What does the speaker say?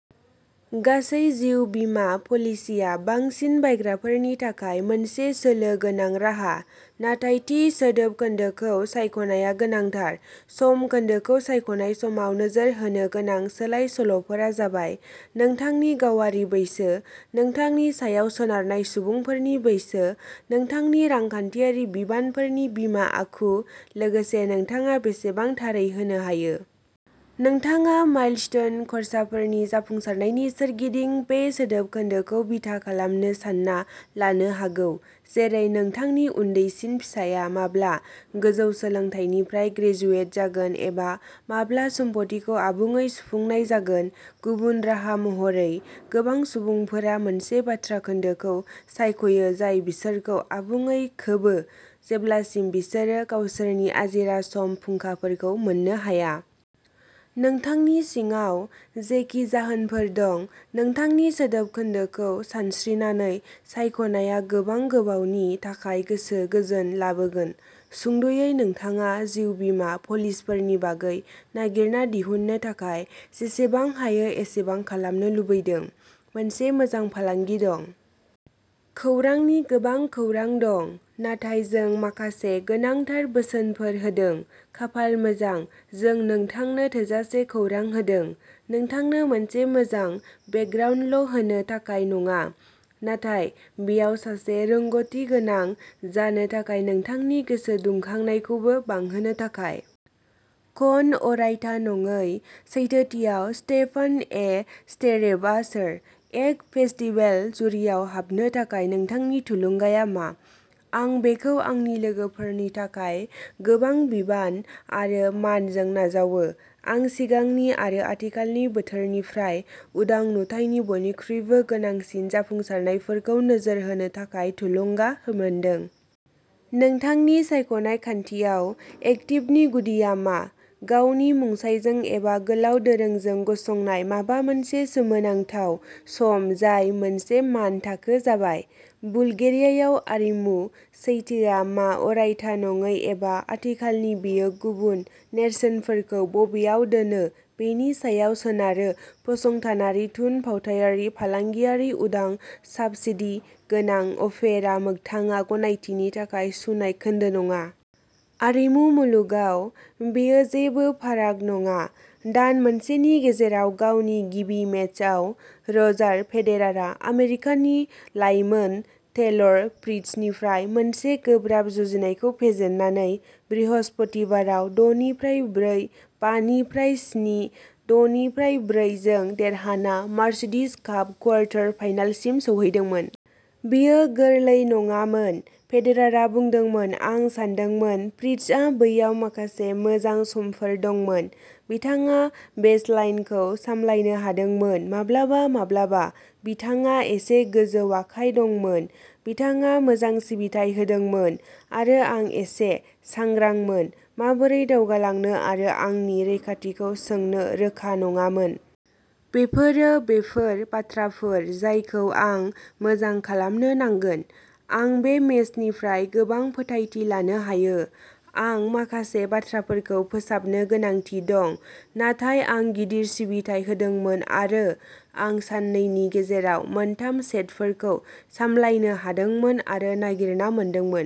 गासै जिउ बीमा पलिसिया बांसिन बायग्राफोरनि थाखाय मोनसे सोलो गोनां राहा, नाथाय थि सोदोब खोन्दोखौ सायख'नाया गोनांथार। सम खोन्दोखौ सायख'नाय समाव नोजोर होनो गोनां सोलाय-सोल'फोरा जाबाय नोंथांनि गावारि बैसो, नोंथांनि सायाव सोनारनाय सुबुंफोरनि बैसो, नोंथांनि रांखान्थियारि बिबानफोरनि बिमा आखु, लोगोसे नोंथाङा बेसेबां थारै होनो हायो। नोंथाङा माइलस्टोन खर्साफोरनि जाफुंसारनायनि सोरगिदिं बे सोदोब खोन्दोखौ बिथा खालामनो सानना लानो हागौ, जेरै नोंथांनि उन्दैसिन फिसाया माब्ला गोजौ सोलोंथायनिफ्राय ग्रेजुवेट जागोन एबा माब्ला सम्फथिखौ आबुङै सुफुंनाय जागोन। गुबुन राहा महरै, गोबां सुबुंफोरा मोनसे बाथ्रा खोन्दोखौ सायख'यो जाय बिसोरखौ आबुङै खोबो जेब्लासिम बिसोरो गावसोरनि आजिरा सम फुंखाफोरखौ मोननो हाया। नोंथांनि सिङाव जेखि जाहोनफोर दं, नोंथांनि सोदोब खोन्दोखौ सानस्रिनानै सायख'नाया गोबां गोबावनि थाखाय गोसो गोजोन लाबोगोन। सुंद'यै, नोंथाङा जिउ बीमा पलिसफोरनि बागै नागिरना दिहुननो थाखाय जेसेबां हायो एसेबां खालामनो लुबैदों। मोनसे मोजां फालांगि दं। खौरांनि गोबां खौरां दं, नाथाय जों माखासे गोनांथार बोसोनफोर होदों। खाफाल मोजां, जों नोंथांनो थोजासे खौरां होदों, नोंथांनो मोनसे मोजां बेकग्राउन्डल' होनो थाखाय नङा, नाथाय बेयाव सासे रोंग'थिगोनां जानो थाखाय नोंथांनि गोसो दुंखांनायखौबो बांहोनो थाखाय। कन अरायथा नङै सैथोथियाव स्टेफान ए स्टेरेभआ सोर? एक्ट फेस्टिभेल जुरिआव हाबनो थाखाय नोंथांनि थुलुंगाआ मा? आं बेखौ आंनि लोगोफोरनि थाखाय गोबां बिबान आरो मानजों नाजावो। आं सिगांनि आरो आथिखालनि बोथोरनिफ्राय उदां नुथायनि बयनिख्रुइबो गोनांसिन जाफुंसारनायफोरखौ नोजोर होनो थाखाय थुलुंगा मोनदों। नोंथांनि सायख'नाय खान्थियाव एक्टिवनि गुदिआ मा? गावनि मुंसाइजों एबा गोलाव दोरोंजों गसंनाय माबा मोनसे सोमोनांथाव सम जाय मोनसे मानथाखो जाबाय। बुलगेरियायाव आरिमु सैथोआ मा अरायथा नङै एबा आथिखालनि बेयो गुबुन नेरसोनफोरखौ बबेयाव दोनो बेनि सायाव सोनारो फसंथानारि थुनफावथायारि फालांगियारि उदां साब्सिडी गोनां अपेरा मोगथाङा गनायथिनि थाखाय सुनाय खोन्दो नङा। आरिमु मुलुगाव बेयो जेबो फाराग नङा। दान मोनसेनि गेजेराव गावनि गिबि मेचआव, रजार फेदेरारआ आमेरिकानि लाइमोन टेलर फ्रिट्जनिफ्राय मोनसे गोब्राब जुजिनायखौ फेजेननानै बृहस्पतिबाराव दनिफ्राय ब्रै बानिफ्राइ स्नि दनिफ्राइ ब्रै जों देरहाना मार्सिडिज काप कुवार्टर फाइनालसिम सौहैदोंमोन। बेयो गोरलै नङामोन, फेदेरारआ बुंदोंमोन। आं सानदोंमोन फ्रिट्जहा बैयाव माखासे मोजां समफोर दंमोन। बिथाङा बेसलाइनखौ सामलायनो हादोंमोन, माब्लाबा माब्लाबा बिथाङा एसे गोजौ आखाइ दंमोन। बिथाङा मोजां सिबिथाय होदोंमोन आरो आं एसे सांग्रांमोन, माबोरै दावगालांनो आरो आंनि रैखाथिखौ सोंनो रोखा नङामोन। बेफोरो बेफोर बाथ्राफोर जायखौ आं मोजां खालामनो नांगोन। आं बे मेचनिफ्राय गोबां फोथायथि लानो हायो। आं माखासे बाथ्राफोरखौ फोसाबनो गोनांथि दं, नाथाय आं गिदिर सिबिथाय होदोंमोन आरो आं साननैनि गेजेराव मोनथाम सेटफोरखौ सामलायनो हादोंमोन, आरो नागिरना मोनदोंमोन।